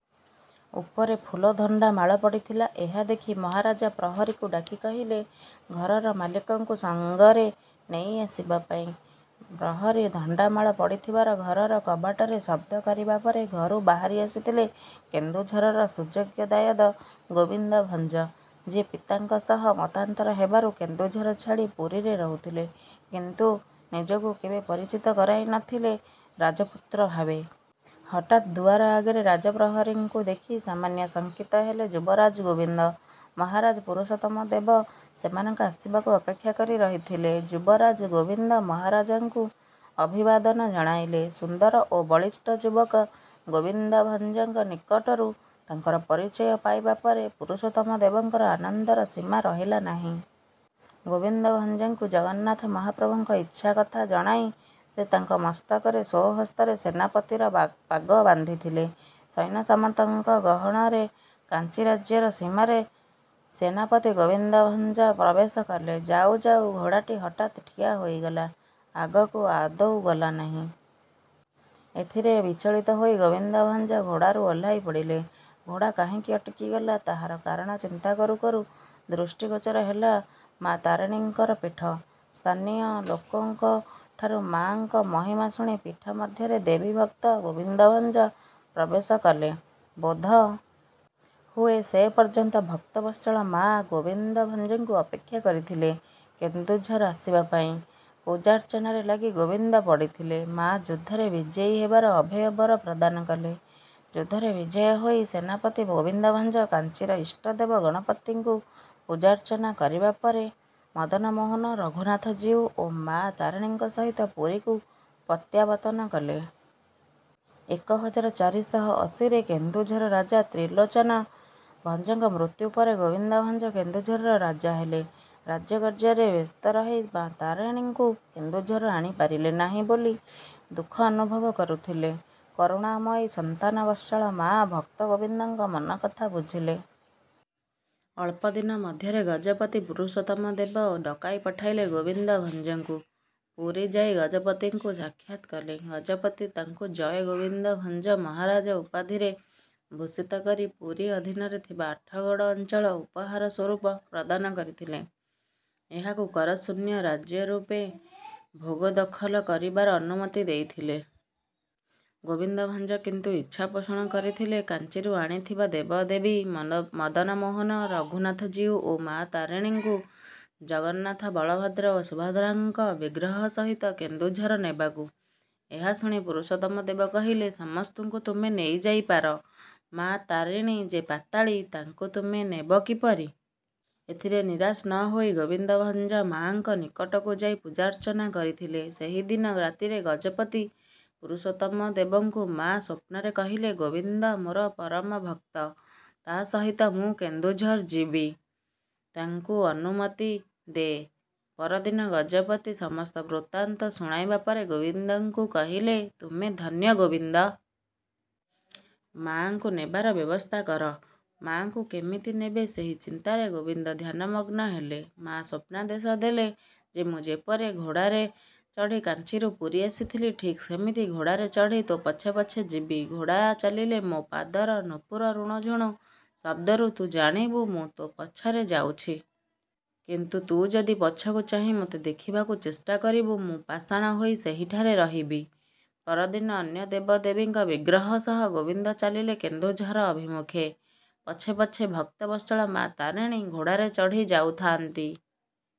ଉପରେ ଫୁଲଧଣ୍ଡା ମାଳ ପଡ଼ିଥିଲା। ଏହା ଦେଖି ମହାରାଜା ପ୍ରହରୀକୁ ଡାକି କହିଲେ ଘରର ମାଲିକଙ୍କୁ ସାଙ୍ଗରେ ନେଇ ଆସିବା ପାଇଁ। ପ୍ରହରୀ ଧଣ୍ଡାମାଳ ପଡ଼ିଥିବାର ଘରର କବାଟରେ ଶବ୍ଦ କରିବା ପରେ ଘରୁ ବାହାରି ଆସିଥିଲେ କେନ୍ଦୁଝରର ସୁଯୋଗ୍ୟ ଦାୟଦ ଗୋବିନ୍ଦ ଭଞ୍ଜ, ଯିଏ ପିତାଙ୍କ ସହ ମତାନ୍ତର ହେବାରୁ କେନ୍ଦୁଝର ଛାଡ଼ି ପୁରୀରେ ରହୁଥିଲେ, କିନ୍ତୁ ନିଜକୁ କେବେ ପରିଚିତ କରାଇନଥିଲେ ରାଜପୁତ୍ର ଭାବେ। ହଠାତ ଦୁଆର ଆଗରେ ରାଜ ପ୍ରହରୀଙ୍କୁ ଦେଖି ସାମାନ୍ୟ ଶଙ୍କିତ ହେଲେ ଯୁବରାଜ ଗୋବିନ୍ଦ। ମହାରାଜ ପୁରୁଷୋତ୍ତମ ଦେବ ସେମାନଙ୍କ ଆସିବାକୁ ଅପେକ୍ଷା କରି ରହିଥିଲେ। ଯୁବରାଜ ଗୋବିନ୍ଦ ମହାରାଜଙ୍କୁ ଅଭିବାଦନ ଜଣାଇଲେ। ସୁନ୍ଦର ଓ ବଳିଷ୍ଠ ଯୁବକ ଗୋବିନ୍ଦ ଭଞ୍ଜଙ୍କ ନିକଟରୁ ତାଙ୍କର ପରିଚୟ ପାଇବା ପରେ ପୁରୁଷୋତ୍ତମ ଦେବଙ୍କର ଆନନ୍ଦର ସୀମା ରହିଲା ନାହିଁ। ଗୋବିନ୍ଦ ଭଞ୍ଜଙ୍କୁ ଜଗନ୍ନାଥ ମହାପ୍ରଭୁଙ୍କ ଇଛା କଥା ଜଣାଇ ସେ ତାଙ୍କ ମସ୍ତକରେ ସ୍ୱହସ୍ତରେ ସେନାପତିର ବା ପାଗ ବାନ୍ଧିଥିଲେ। ସୈନ୍ୟସାମନ୍ତଙ୍କ ଗହଣରେ କାଞ୍ଚି ରାଜ୍ୟର ସୀମାରେ ସେନାପତି ଗୋବିନ୍ଦ ଭଞ୍ଜ ପ୍ରବେଶ କଲେ। ଯାଉ ଯାଉ ଘୋଡ଼ାଟି ହଠାତ ଠିଆ ହୋଇଗଲା, ଆଗକୁ ଆଦୌ ଗଲା ନାହିଁ। ଏଥିରେ ବିଚଳିତ ହୋଇ ଗୋବିନ୍ଦ ଭଞ୍ଜ ଘୋଡ଼ାରୁ ଓହ୍ଲାଇ ପଡ଼ିଲେ। ଘୋଡ଼ା କାହିଁକି ଅଟକିଗଲା ତାହାର କାରଣ ଚିନ୍ତା କରୁ କରୁ ଦୃଷ୍ଟିଗୋଚର ହେଲା ମାଆ ତାରିଣୀଙ୍କର ପୀଠ। ସ୍ଥାନୀୟ ଲୋକଙ୍କ ଠାରୁ ମାଆଙ୍କ ମହିମା ଶୁଣି ପୀଠ ମଧ୍ୟରେ ଦେବୀଭକ୍ତ ଗୋବିନ୍ଦ ଭଞ୍ଜ ପ୍ରବେଶ କଲେ। ବୋଧ ହୁଏ ସେ ପର୍ଯ୍ୟନ୍ତ ଭକ୍ତବତ୍ସଳ ମାଆ ଗୋବିନ୍ଦ ଭଞ୍ଜଙ୍କୁ ଅପେକ୍ଷା କରିଥିଲେ କେନ୍ଦୁଝର ଆସିବା ପାଇଁ। ପୂଜାର୍ଚ୍ଚନାରେ ଲାଗି ଗୋବିନ୍ଦ ପଡ଼ିଥିଲେ। ମାଆ ଯୁଦ୍ଧରେ ବିଜୟୀ ହେବାର ଅଭୟ ବର ପ୍ରଦାନ କଲେ। ଯୁଦ୍ଧରେ ବିଜୟୀ ହୋଇ ସେନାପତି ଗୋବିନ୍ଦ ଭଞ୍ଜ କାଞ୍ଚିର ଇଷ୍ଟଦେବ ଗଣପତିଙ୍କୁ ପୂଜାର୍ଚ୍ଚନା କରିବା ପରେ ମଦନମୋହନ, ରଘୁନାଥ ଜୀଉ ଓ ମାଆ ତାରିଣୀଙ୍କ ସହିତ ପୁରୀକୁ ପ୍ରତ୍ୟାବର୍ତ୍ତନ କଲେ। ଏକ ହଜାର ଚାରିଶହ ଅଶୀ ରେ କେନ୍ଦୁଝର ରାଜା ତ୍ରିଲୋଚନ ଭଞ୍ଜଙ୍କ ମୃତ୍ୟୁ ପରେ ଗୋବିନ୍ଦ ଭଞ୍ଜ କେନ୍ଦୁଝରର ରାଜା ହେଲେ। ରାଜକାର୍ଯ୍ୟରେ ବ୍ୟସ୍ତ ରହି ମାଆ ତାରିଣୀଙ୍କୁ କେନ୍ଦୁଝର ଆଣିପାରିଲେ ନାହିଁ ବୋଲି ଦୁଃଖ ଅନୁଭବ କରୁଥିଲେ। କରୁଣାମୟୀ ସନ୍ତାନବତ୍ସଳ ମାଆ ଭକ୍ତ ଗୋବିନ୍ଦଙ୍କ ମନକଥା ବୁଝିଲେ। ଅଳ୍ପଦିନ ମଧ୍ୟରେ ଗଜପତି ପୁରୁଷୋତ୍ତମ ଦେବ ଡକାଇ ପଠାଇଲେ ଗୋବିନ୍ଦ ଭଞ୍ଜଙ୍କୁ। ପୁରୀ ଯାଇ ଗଜପତିଙ୍କୁ ସାକ୍ଷାତ କଲେ। ଗଜପତି ତାଙ୍କୁ ଜୟ ଗୋବିନ୍ଦ ଭଞ୍ଜ ମହାରାଜ ଉପାଧିରେ ଭୂଷିତ କରି ପୁରୀ ଅଧୀନରେ ଥିବା ଆଠଗଡ଼ ଅଞ୍ଚଳ ଉପହାର ସ୍ୱରୂପ ପ୍ରଦାନ କରିଥିଲେ। ଏହାକୁ କରଶୂନ୍ୟ ରାଜ୍ୟ ରୂପେ ଭୋଗ ଦଖଲ କରିବାର ଅନୁମତି ଦେଇଥିଲେ। ଗୋବିନ୍ଦ ଭଞ୍ଜ କିନ୍ତୁ ଇଚ୍ଛା ପୋଷଣ କରିଥିଲେ କାଞ୍ଚିରୁ ଆଣିଥିବା ଦେବଦେବୀ ମନ ମଦନମୋହନ, ରଘୁନାଥଜୀଉ ଓ ମାଆ ତାରିଣୀଙ୍କୁ ଜଗନ୍ନାଥ, ବଳଭଦ୍ର ଓ ସୁଭଦ୍ରାଙ୍କ ବିଗ୍ରହ ସହିତ କେନ୍ଦୁଝର ନେବାକୁ। ଏହା ଶୁଣି ପୁରୁଷୋତ୍ତମ ଦେବ କହିଲେ, ସମସ୍ତଙ୍କୁ ତୁମେ ନେଇଯାଇପାର, ମାଆ ତାରିଣୀ ଯେ ପାତାଳୀ, ତାଙ୍କୁ ତୁମେ ନେବ କିପରି। ଏଥିରେ ନିରାଶ ନ ହୋଇ ଗୋବିନ୍ଦ ଭଞ୍ଜ ମାଆଙ୍କ ନିକଟକୁ ଯାଇ ପୂଜାର୍ଚ୍ଚନା କରିଥିଲେ। ସେହିଦିନ ରାତିରେ ଗଜପତି ପୁରୁଷୋତ୍ତମ ଦେବଙ୍କୁ ମାଆ ସ୍ୱପ୍ନରେ କହିଲେ, ଗୋବିନ୍ଦ ମୋର ପରମ ଭକ୍ତ। ତା ସହିତ ମୁଁ କେନ୍ଦୁଝର ଯିବି, ତାଙ୍କୁ ଅନୁମତି ଦେ। ପରଦିନ ଗଜପତି ସମସ୍ତ ବୃତ୍ତାନ୍ତ ଶୁଣାଇବା ପରେ ଗୋବିନ୍ଦଙ୍କୁ କହିଲେ, ତୁମେ ଧନ୍ୟ ଗୋବିନ୍ଦ। ମାଆଙ୍କୁ ନେବାର ବ୍ୟବସ୍ଥା କର। ମାଆଙ୍କୁ କେମିତି ନେବେ ସେହି ଚିନ୍ତାରେ ଗୋବିନ୍ଦ ଧ୍ୟାନମଗ୍ନ ହେଲେ। ମାଆ ସ୍ୱପ୍ନାଦେଶ ଦେଲେ ଯେ ମୁଁ ଯେପରି ଘୋଡ଼ାରେ ଚଢ଼ି କାଞ୍ଚିରୁ ପୁରୀ ଆସିଥିଲି, ଠିକ ସେମିତି ଘୋଡ଼ାରେ ଚଢ଼ି ତୋ ପଛେ ପଛେ ଯିବି। ଘୋଡ଼ା ଚାଲିଲେ ମୋ ପାଦର ନୁପୁର ରୁଣୁଝୁଣୁ ଶବ୍ଦରୁ ତୁ ଜାଣିବୁ ମୁଁ ତୋ ପଛରେ ଯାଉଛି। କିନ୍ତୁ ତୁ ଯଦି ପଛକୁ ଚାହିଁ ମୋତେ ଦେଖିବାକୁ ଚେଷ୍ଟା କରିବୁ, ମୁଁ ପାଷାଣ ହୋଇ ସେହିଠାରେ ରହିବି। ପରଦିନ ଅନ୍ୟ ଦେବଦେବୀଙ୍କ ବିଗ୍ରହ ସହ ଗୋବିନ୍ଦ ଚାଲିଲେ କେନ୍ଦୁଝର ଅଭିମୁଖେ। ପଛେ ପଛେ ଭକ୍ତବତ୍ସଳ ମାଆ ତାରିଣୀ ଘୋଡ଼ାରେ ଚଢ଼ି ଯାଉଥାଆନ୍ତି।